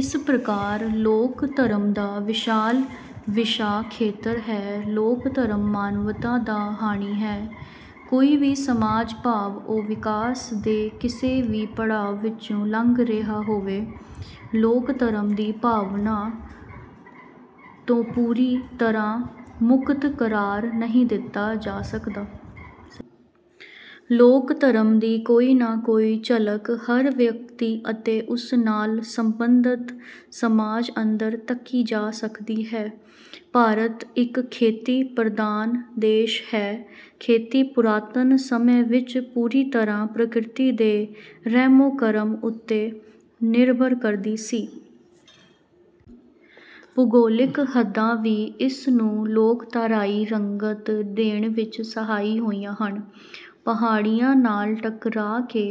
ਇਸ ਪ੍ਰਕਾਰ ਲੋਕ ਧਰਮ ਦਾ ਵਿਸ਼ਾਲ ਵਿਸ਼ਾ ਖੇਤਰ ਹੈ। ਲੋਕ ਧਰਮ ਮਾਨਵਤਾ ਦਾ ਹਾਣੀ ਹੈ। ਕੋਈ ਵੀ ਸਮਾਜ ਭਾਵ ਉਹ ਵਿਕਾਸ ਦੇ ਕਿਸੇ ਵੀ ਪੜਾਅ ਵਿੱਚੋਂ ਲੰਘ ਰਿਹਾ ਹੋਵੇ ਲੋਕ ਧਰਮ ਦੀ ਭਾਵਨਾ ਤੋਂ ਪੂਰੀ ਤਰ੍ਹਾਂ ਮੁਕਤ ਕਰਾਰ ਨਹੀਂ ਦਿੱਤਾ ਜਾ ਸਕਦਾ। ਲੋਕ ਧਰਮ ਦੀ ਕੋਈ ਨਾ ਕੋਈ ਝਲਕ ਹਰ ਵਿਅਕਤੀ ਅਤੇ ਉਸ ਨਾਲ ਸੰਬੰਧਤ ਸਮਾਜ ਅੰਦਰ ਤੱਕੀ ਜਾ ਸਕਦੀ ਹੈ। ਭਾਰਤ ਇੱਕ ਖੇਤੀ ਪ੍ਰਧਾਨ ਦੇਸ਼ ਹੈ। ਖੇਤੀ ਪੁਰਾਤਨ ਸਮੇਂ ਵਿੱਚ ਪੂਰੀ ਤਰ੍ਹਾਂ ਪ੍ਰਕਿਰਤੀ ਦੇ ਰਹਿਮੋ ਕਰਮ ਉੱਤੇ ਨਿਰਭਰ ਕਰਦੀ ਸੀ। ਭੂਗੋਲਿਕ ਹੱਦਾਂ ਵੀ ਇਸ ਨੂੰ ਲੋਕਧਾਰਾਈ ਰੰਗਤ ਦੇਣ ਵਿੱਚ ਸਹਾਈ ਹੋਈਆਂ ਹਨ। ਪਹਾੜੀਆਂ ਨਾਲ ਟਕਰਾ ਕੇ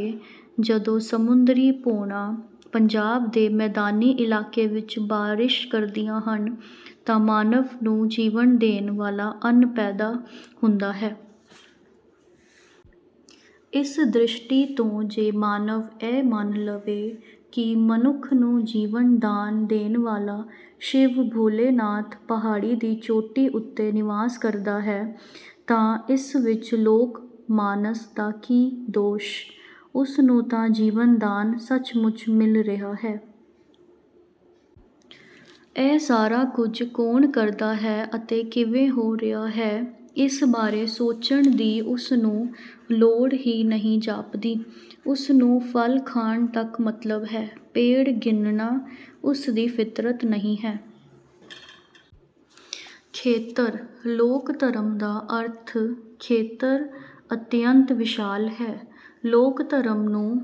ਜਦੋਂ ਸਮੁੰਦਰੀ ਪੌਣਾਂ ਪੰਜਾਬ ਦੇ ਮੈਦਾਨੀ ਇਲਾਕੇ ਵਿੱਚ ਬਾਰਿਸ਼ ਕਰਦੀਆਂ ਹਨ ਤਾਂ ਮਾਨਵ ਨੂੰ ਜੀਵਨ ਦੇਣ ਵਾਲਾ ਅੰਨ ਪੈਦਾ ਹੁੰਦਾ ਹੈ। ਇਸ ਦ੍ਰਿਸ਼ਟੀ ਤੋਂ ਜੇ ਮਾਨਵ ਇਹ ਮੰਨ ਲਵੇ ਕਿ ਮਨੁੱਖ ਨੂੰ ਜੀਵਨ ਦਾਨ ਦੇਣ ਵਾਲਾ ਸ਼ਿਵ ਭੋਲੇਨਾਥ ਪਹਾੜੀ ਦੀ ਚੋਟੀ ਉਤੇ ਨਿਵਾਸ ਕਰਦਾ ਹੈ ਤਾਂ ਇਸ ਵਿੱਚ ਲੋਕ ਮਾਨਸ ਦਾ ਕੀ ਦੋਸ਼। ਉਸ ਨੂੰ ਤਾਂ ਜੀਵਨ ਦਾਨ ਸਚਮੁੱਚ ਮਿਲ ਰਿਹਾ ਹੈ। ਇਹ ਸਾਰਾ ਕੁੱਝ ਕੌਣ ਕਰਦਾ ਹੈ ਅਤੇ ਕਿਵੇਂ ਹੋ ਰਿਹਾ ਹੈ। ਇਸ ਬਾਰੇ ਸੋਚਣ ਦੀ ਉਸ ਨੂੰ ਲੋੜ ਹੀ ਨਹੀਂ ਜਾਪਦੀ। ਉਸ ਨੂੰ ਫਲ ਖਾਣ ਤੱਕ ਮਤਲਬ ਹੈ ਪੇੜ ਗਿਣਨਾ ਉਸ ਦੀ ਫਿਤਰਤ ਨਹੀਂ ਹੈ। ਖੇਤਰ। ਲੋਕ ਧਰਮ ਦਾ ਅਰਥ ਖੇਤਰ ਅਤਿਅੰਤ ਵਿਸ਼ਾਲ ਹੈ। ਲੋਕ ਧਰਮ ਨੂੰ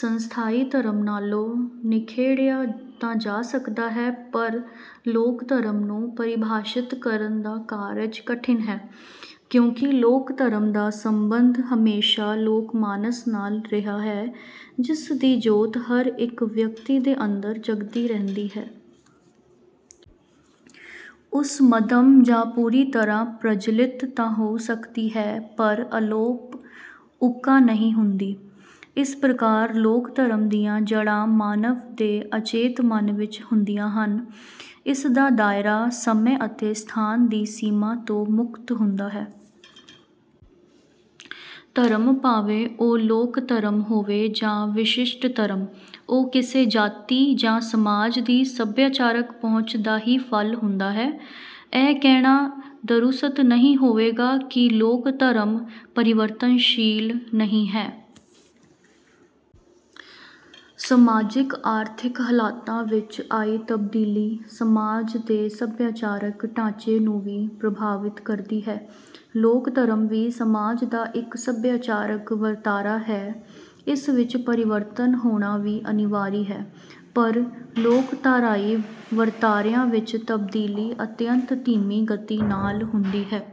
ਸੰਸਥਾਈ ਧਰਮ ਨਾਲੋਂ ਨਿਖੇੜਿਆ ਤਾਂ ਜਾ ਸਕਦਾ ਹੈ ਪਰ ਲੋਕ ਧਰਮ ਨੂੰ ਪਰਿਭਾਸ਼ਿਤ ਕਰਨ ਦਾ ਕਾਰਜ ਕਠਿਨ ਹੈ। ਕਿਉਂਕਿ ਲੋਕ ਧਰਮ ਦਾ ਸਬੰਧ ਹਮੇਸ਼ਾ ਲੋਕ ਮਾਨਸ ਨਾਲ ਰਿਹਾ ਹੈ ਜਿਸ ਦੀ ਜੋਤ ਹਰ ਇੱਕ ਵਿਅਕਤੀ ਦੇ ਅੰਦਰ ਜਗਦੀ ਰਹਿੰਦੀ ਹੈ। ਉਸ ਮੱਧਮ ਜਾਂ ਪੂਰੀ ਤਰ੍ਹਾਂ ਪ੍ਰਜੁਲਿਤ ਤਾਂ ਹੋ ਸਕਦੀ ਹੈ ਪਰ ਅਲੋਪ ਉੱਕਾ ਨਹੀਂ ਹੁੰਦੀ। ਇਸ ਪ੍ਰਕਾਰ ਲੋਕ ਧਰਮ ਦੀਆਂ ਜੜ੍ਹਾਂ ਮਾਨਵ ਦੇ ਅਚੇਤ ਮਨ ਵਿੱਚ ਹੁੰਦੀਆਂ ਹਨ। ਇਸਦਾ ਦਾਇਰਾ ਸਮੇਂ ਅਤੇ ਸਥਾਨ ਦੀ ਸੀਮਾ ਤੋਂ ਮੁਕਤ ਹੁੰਦਾ ਹੈ। ਧਰਮ ਭਾਵੇਂ ਉਹ ਲੋਕ ਧਰਮ ਹੋਵੇ ਜਾਂ ਵਿਸ਼ਿਸ਼ਟ ਧਰਮ ਉਹ ਕਿਸੇ ਜਾਤੀ ਜਾਂ ਸਮਾਜ ਦੀ ਸਭਿਆਚਾਰਕ ਪਹੁੰਚ ਦਾ ਹੀ ਫਲ ਹੁੰਦਾ ਹੈ। ਇਹ ਕਹਿਣਾ ਦਰੁਸਤ ਨਹੀਂ ਹੋਵੇਗਾ ਕਿ ਲੋਕ ਧਰਮ ਪਰਿਵਰਤਨਸ਼ੀਲ ਨਹੀਂ ਹੈ। ਸਮਾਜਿਕ ਆਰਥਿਕ ਹਾਲਾਤਾਂ ਵਿੱਚ ਆਈ ਤਬਦੀਲੀ ਸਮਾਜ ਦੇ ਸਭਿਆਚਾਰਕ ਢਾਂਚੇ ਨੂੰ ਵੀ ਪ੍ਰਭਾਵਿਤ ਕਰਦੀ ਹੈ। ਲੋਕ ਧਰਮ ਵੀ ਸਮਾਜ ਦਾ ਇੱਕ ਸਭਿਆਚਾਰਕ ਵਰਤਾਰਾ ਹੈ। ਇਸ ਵਿੱਚ ਪਰਿਵਰਤਨ ਹੋਣਾ ਵੀ ਅਨਿਵਾਰੀ ਹੈ ਪਰ ਲੋਕਧਾਰਾਈ ਵਰਤਾਰਿਆਂ ਵਿੱਚ ਤਬਦੀਲੀ ਅਤਿਅੰਤ ਧੀਮੀ ਗਤੀ ਨਾਲ ਹੁੰਦੀ ਹੈ।